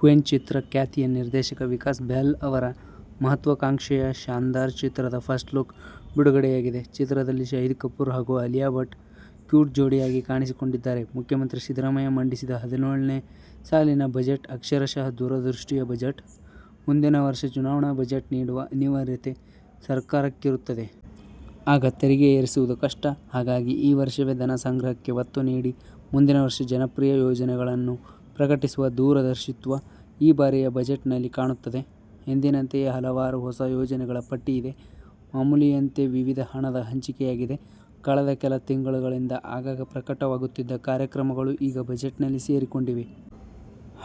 Queen ಚಿತ್ರ ಖ್ಯಾತಿಯ ನಿರ್ದೇಶಕ ವಿಕಾಸ್ ಬೆಹ್ಲ್ ಅವರ ಮಹತ್ವಾಕಾಂಕ್ಷೆಯ ಶಾನ್ದಾರ್ ಚಿತ್ರದ ಫಸ್ಟ್ ಲುಕ್ ಬಿಡುಗಡೆಯಾಗಿದೆ. ಚಿತ್ರದಲ್ಲಿ ಶಾಹಿದ್ ಕಪೂರ್ ಹಾಗೂ ಆಲಿಯಾ ಭಟ್ ಕ್ಯೂಟ್ ಜೋಡಿಯಾಗಿ ಕಾಣಿಸಿಕೊಂಡಿದ್ದಾರೆ. ಮುಖ್ಯಮಂತ್ರಿ ಸಿದ್ದರಾಮಯ್ಯ ಮಂಡಿಸಿದ ಹದಿನೇಳನೇ ಸಾಲಿನ ಬಜೆಟ್ ಅಕ್ಷರಶಃ ದೂರದೃಷ್ಟಿಯ ಬಜೆಟ್. ಮುಂದಿನ ವರ್ಷ ಚುನಾವಣಾ ಬಜೆಟ್ ನೀಡುವ ಅನಿವಾರ್ಯತೆ ಸರ್ಕಾರಕ್ಕಿರುತ್ತದೆ. ಆಗ ತೆರಿಗೆ ಏರಿಸುವುದು ಕಷ್ಟ. ಹಾಗಾಗಿ ಈ ವರ್ಷವೇ ಧನಸಂಗ್ರಹಕ್ಕೆ ಒತ್ತು ನೀಡಿ ಮುಂದಿನ ವರ್ಷ ಜನಪ್ರಿಯ ಯೋಜನೆಗಳನ್ನು ಪ್ರಕಟಿಸುವ ದೂರದರ್ಶಿತ್ವ ಈ ಬಾರಿಯ ಬಜೆಟ್‌ನಲ್ಲಿ ಕಾಣುತ್ತದೆ. ಎಂದಿನಂತೆಯೇ ಹಲವಾರು ಹೊಸ ಯೋಜನೆಗಳ ಪಟ್ಟಿಯಿದೆ. ಮಾಮೂಲಿಯಂತೆ ವಿವಿಧ ಹಣದ ಹಂಚಿಕೆಯಾಗಿದೆ. ಕಳೆದ ಕೆಲ ತಿಂಗಳುಗಳಿಂದ ಆಗಾಗ ಪ್ರಕಟವಾಗುತ್ತಿದ್ದ ಕಾರ್ಯಕ್ರಮಗಳು ಈಗ ಬಜೆಟ್‌ನಲ್ಲಿ ಸೇರಿಕೊಂಡಿವೆ.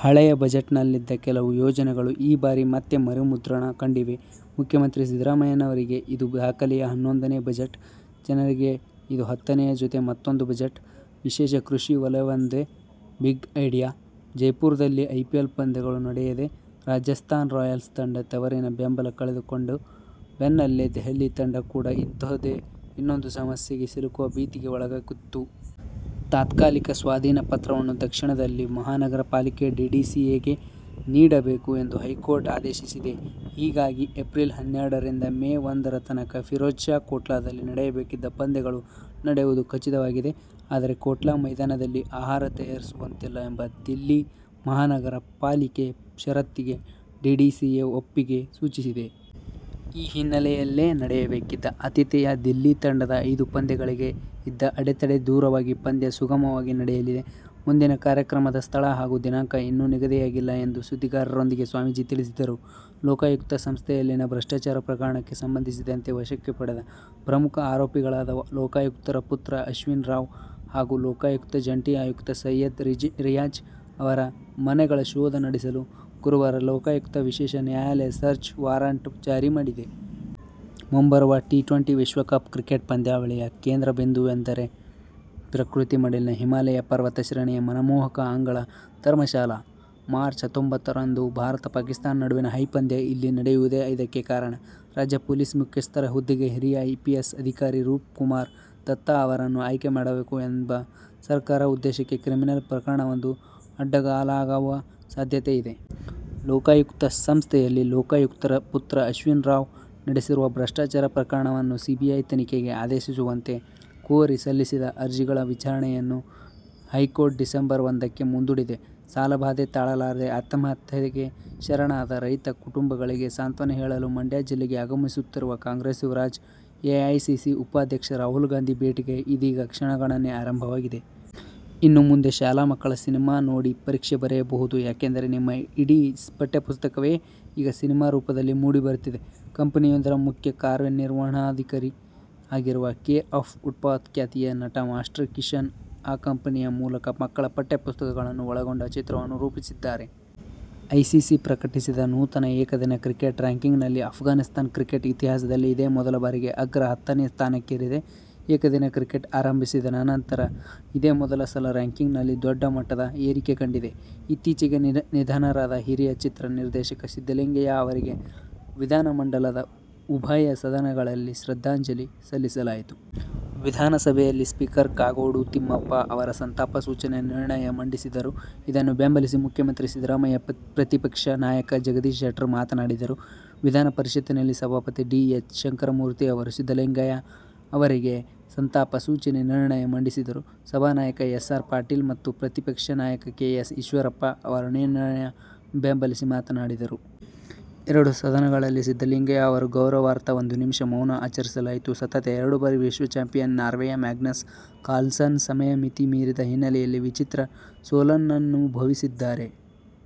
ಹಳೆಯ ಬಜೆಟ್‌ನಲ್ಲಿದ್ದ ಕೆಲವು ಯೋಜನೆಗಳು ಈ ಬಾರಿ ಮತ್ತೆ ಮರುಮುದ್ರಣ ಕಂಡಿವೆ. ಮುಖ್ಯಮಂತ್ರಿ ಸಿದ್ದರಾಮಯ್ಯನವರಿಗೆ ಇದು ದಾಖಲೆಯ ಹನ್ನೊಂದನೇ ಬಜೆಟ್. ಜನರಿಗೆ ಇದು ಹತ್ತನೆಯ ಜೊತೆ ಮತ್ತೊಂದು ಬಜೆಟ್. ವಿಶೇಷ ಕೃಷಿ ವಲಯವೊಂದೇ ಬಿಗ್ ಐಡಿಯಾ. ಜೈಪುರದಲ್ಲಿ ಐಪಿಎಲ್ ಪಂದ್ಯಗಳು ನಡೆಯದೇ ರಾಜಸ್ಥಾನ ರಾಯಲ್ಸ್ ತಂಡ ತವರಿನ ಬೆಂಬಲ ಕಳೆದುಕೊಂಡ ಬೆನ್ನಲ್ಲೇ ದೆಹಲಿ ತಂಡ ಕೂಡ ಇಂತಹುದೇ ಇನ್ನೊಂದು ಸಮಸ್ಯೆಗೆ ಸಿಲುಕುವ ಭೀತಿಗೆ ಒಳಗಾಗಿತ್ತು. ತಾತ್ಕಾಲಿಕ ಸ್ವಾಧೀನ ಪತ್ರವನ್ನು ದಕ್ಷಿಣ ದಿಲ್ಲಿ ಮಹಾನಗರ ಪಾಲಿಕೆ ಡಿಡಿಸಿಎಗೆ ನೀಡಬೇಕು ಎಂದು ಹೈಕೋರ್ಟ್ ಆದೇಶಿಸಿದೆ. ಹೀಗಾಗಿ ಏಪ್ರಿಲ್ ಹನ್ನೆರಡರಿಂದ ಮೇ ಒಂದರ ತನಕ ಫಿರೋಜ್ ಶಾ ಕೋಟ್ಲಾದಲ್ಲಿ ನಡೆಯಬೇಕಿದ್ದ ಪಂದ್ಯಗಳು ನಡೆಯುವುದು ಖಚಿತವಾಗಿದೆ. ಆದರೆ ಕೋಟ್ಲಾ ಮೈದಾನದಲ್ಲಿ ಆಹಾರ ತಯಾರಿಸುವಂತಿಲ್ಲ ಎಂಬ ದಿಲ್ಲಿ ಮಹಾನಗರ ಪಾಲಿಕೆ ಷರತ್ತಿಗೆ ಡಿಡಿಸಿಎ ಒಪ್ಪಿಗೆ ಸೂಚಿಸಿದೆ. ಈ ಹಿನ್ನೆಲೆಯಲ್ಲಿ ನಡೆಯಬೇಕಿದ್ದ ಆತಿಥೇಯ ದಿಲ್ಲಿ ತಂಡದ ಐದು ಪಂದ್ಯಗಳಿಗೆ ಇದ್ದ ಅಡೆತಡೆ ದೂರವಾಗಿ ಪಂದ್ಯ ಸುಗಮವಾಗಿ ನಡೆಯಲಿದೆ. ಮುಂದಿನ ಕಾರ್ಯಕ್ರಮದ ಸ್ಥಳ ಹಾಗೂ ದಿನಾಂಕ ಇನ್ನು ನಿಗದಿಯಾಗಿಲ್ಲ ಎಂದು ಸುದ್ದಿಗಾರರೊಂದಿಗೆ ಸ್ವಾಮೀಜಿ ತಿಳಿಸಿದರು. ಲೋಕಾಯುಕ್ತ ಸಂಸ್ಥೆಯಲ್ಲಿನ ಭ್ರಷ್ಟಾಚಾರ ಪ್ರಕರಣಕ್ಕೆ ಸಂಬಂಧಿಸಿದಂತೆ ವಶಕ್ಕೆ ಪಡೆದ ಪ್ರಮುಖ ಆರೋಪಿಗಳಾದ ಲೋಕಾಯುಕ್ತರ ಪುತ್ರ ಅಶ್ವಿನ್ ರಾವ್ ಹಾಗೂ ಲೋಕಾಯುಕ್ತ ಜಂಟಿ ಆಯುಕ್ತ ಸಯ್ಯದ್ ರಿಯಾಜ್ ಅವರ ಮನೆಗಳ ಶೋಧ ನಡೆಸಲು ಗುರುವಾರ ಲೋಕಾಯುಕ್ತ ವಿಶೇಷ ನ್ಯಾಯಾಲಯ ಸರ್ಚ್ ವಾರಂಟ್ ಜಾರಿಮಾಡಿದೆ. ಮುಂಬರುವ ಟಿ ಟ್ವೆಂಟಿ ವಿಶ್ವಕಪ್ ಕ್ರಿಕೆಟ್ ಪಂದ್ಯಾವಳಿಯ ಕೇಂದ್ರಬಿಂದುವೆಂದರೆ ಪ್ರಕೃತಿ ಮಡಿಲಿನ ಹಿಮಾಲಯ ಪರ್ವತ ಶ್ರೇಣಿಯ ಮನಮೋಹಕ ಅಂಗಳ ಧರ್ಮಶಾಲಾ. ಮಾರ್ಚ್ ಹತ್ತೊಂಬತ್ತರಂದು ಭಾರತ ಪಾಕಿಸ್ತಾನ ನಡುವಿನ ಹೈ ಪಂದ್ಯ ಇಲ್ಲಿ ನಡೆಯುವುದೇ ಇದಕ್ಕೆ ಕಾರಣ. ರಾಜ್ಯ ಪೊಲೀಸ್ ಮುಖ್ಯಸ್ಥರ ಹುದ್ದೆಗೆ ಹಿರಿಯ ಐಪಿಎಸ್ ಅಧಿಕಾರಿ ರೂಪ್ ಕುಮಾರ್ ದತ್ತಾ ಅವರನ್ನು ಆಯ್ಕೆ ಮಾಡಬೇಕು ಎಂಬ ಸರ್ಕಾರದ ಉದ್ದೇಶಕ್ಕೆ ಕ್ರಿಮಿನಲ್ ಪ್ರಕರಣವೊಂದು ಅಡ್ಡಗಾಲಾಗುವ ಸಾಧ್ಯತೆ ಇದೆ. ಲೋಕಾಯುಕ್ತ ಸಂಸ್ಥೆಯಲ್ಲಿ ಲೋಕಾಯುಕ್ತರ ಪುತ್ರ ಅಶ್ವಿನ್ ರಾವ್ ನಡೆಸಿರುವ ಭ್ರಷ್ಟಾಚಾರ ಪ್ರಕರಣವನ್ನು ಸಿಬಿಐ ತನಿಖೆಗೆ ಆದೇಶಿಸುವಂತೆ ಕೋರಿ ಸಲ್ಲಿಸಿದ್ದ ಅರ್ಜಿಗಳ ವಿಚಾರಣೆಯನ್ನು ಹೈಕೋರ್ಟ್ ಡಿಸೆಂಬರ್ ಒಂದಕ್ಕೆ ಮುಂದೂಡಿದೆ. ಸಾಲಬಾಧೆ ತಾಳಲಾರದೆ ಆತ್ಮಹತ್ಯೆಗೆ ಶರಣಾದ ರೈತ ಕುಟುಂಬಗಳಿಗೆ ಸಾಂತ್ವನ ಹೇಳಲು ಮಂಡ್ಯ ಜಿಲ್ಲೆಗೆ ಆಗಮಿಸುತ್ತಿರುವ ಕಾಂಗ್ರೆಸ್ ಯುವರಾಜ ಎಐಸಿಸಿ ಉಪಾಧ್ಯಕ್ಷ ರಾಹುಲ್ ಗಾಂಧಿ ಭೇಟಿಗೆ ಇದೀಗ ಕ್ಷಣಗಣನೆ ಆರಂಭವಾಗಿದೆ. ಇನ್ನು ಮುಂದೆ ಶಾಲಾ ಮಕ್ಕಳು ಸಿನಿಮಾ ನೋಡಿ ಪರೀಕ್ಷೆ ಬರೆಯಬಹುದು. ಯಾಕೆಂದರೆ ನಿಮ್ಮ ಇಡೀ ಪಠ್ಯಪುಸ್ತಕವೇ ಈಗ ಸಿನಿಮಾ ರೂಪದಲ್ಲಿ ಮೂಡಿಬರುತ್ತಿದೆ. ಕಂಪನಿಯೊಂದರ ಮುಖ್ಯ ಕಾರ್ಯನಿರ್ವಹಣಾಧಿಕಾರಿ ಆಗಿರುವ ಕೇರ್ ಆಫ್ ಫುಟ್‌ಪಾತ್ ಖ್ಯಾತಿಯ ನಟ ಮಾಸ್ಟರ್ ಕಿಶನ್ ಆ ಕಂಪನಿಯ ಮೂಲಕ ಮಕ್ಕಳ ಪಠ್ಯಪುಸ್ತಕಗಳನ್ನು ಒಳಗೊಂಡ ಚಿತ್ರವನ್ನು ರೂಪಿಸಿದ್ದಾರೆ. ಐಸಿಸಿ ಪ್ರಕಟಿಸಿದ ನೂತನ ಏಕದಿನ ಕ್ರಿಕೆಟ್ ರಾಂಕಿಂಗ್‌ನಲ್ಲಿ ಆಫ್ಘಾನಿಸ್ತಾನ ಕ್ರಿಕೆಟ್ ಇತಿಹಾಸದಲ್ಲಿ ಇದೇ ಮೊದಲ ಬಾರಿಗೆ ಅಗ್ರ ಹತ್ತನೇ ಸ್ಥಾನಕ್ಕೇರಿದೆ. ಏಕದಿನ ಕ್ರಿಕೆಟ್ ಆರಂಭಿಸಿದ ನಂತರ ಇದೇ ಮೊದಲ ಸಲ ರಾಂಕಿಂಗ್‌ನಲ್ಲಿ ದೊಡ್ಡ ಮಟ್ಟದ ಏರಿಕೆ ಕಂಡಿದೆ. ಇತ್ತೀಚೆಗೆ ನಿಧನರಾದ ಹಿರಿಯ ಚಿತ್ರ ನಿರ್ದೇಶಕ ಸಿದ್ದಲಿಂಗಯ್ಯ ಅವರಿಗೆ ವಿಧಾನಮಂಡಲದ ಉಭಯ ಸದನಗಳಲ್ಲಿ ಶ್ರದ್ಧಾಂಜಲಿ ಸಲ್ಲಿಸಲಾಯಿತು. ವಿಧಾನಸಭೆಯಲ್ಲಿ ಸ್ಪೀಕರ್ ಕಾಗೋಡು ತಿಮ್ಮಪ್ಪ ಅವರು ಸಂತಾಪ ಸೂಚನೆ ನಿರ್ಣಯ ಮಂಡಿಸಿದರು. ಇದನ್ನು ಬೆಂಬಲಿಸಿ ಮುಖ್ಯಮಂತ್ರಿ ಸಿದ್ದರಾಮಯ್ಯ ಪ್ರತಿಪಕ್ಷ ನಾಯಕ ಜಗದೀಶ್ ಶೆಟ್ಟರ್ ಮಾತನಾಡಿದರು. ವಿಧಾನ ಪರಿಷತ್ತಿನಲ್ಲಿ ಸಭಾಪತಿ ಡಿ ಎಚ್ ಶಂಕರಮೂರ್ತಿ ಅವರು ಸಿದ್ದಲಿಂಗಯ್ಯ ಅವರಿಗೆ ಸಂತಾಪ ಸೂಚನೆ ನಿರ್ಣಯ ಮಂಡಿಸಿದರು. ಸಭಾನಾಯಕ ಎಸ್ ಆರ್ ಪಾಟೀಲ್ ಮತ್ತು ಪ್ರತಿಪಕ್ಷ ನಾಯಕ ಕೆ ಎಸ್ ಈಶ್ವರಪ್ಪ ಅವರು ನಿರ್ಣಯ ಬೆಂಬಲಿಸಿ ಮಾತನಾಡಿದರು. ಎರಡೂ ಸದನಗಳಲ್ಲಿ ಸಿದ್ದಲಿಂಗಯ್ಯ ಅವರ ಗೌರವಾರ್ಥ ಒಂದು ನಿಮಿಷ ಮೌನ ಆಚರಿಸಲಾಯಿತು. ಸತತ ಎರಡು ಬಾರಿ ವಿಶ್ವ ಚಾಂಪಿಯನ್ ನಾರ್ವೆಯ ಮ್ಯಾಗ್ನಸ್ ಕಾರ್ಲ್ಸನ್ ಸಮಯ ಮಿತಿ ಮೀರಿದ ಹಿನ್ನೆಲೆಯಲ್ಲಿ ವಿಚಿತ್ರ ಸೋಲನ್ನನುಭವಿಸಿದ್ದಾರೆ.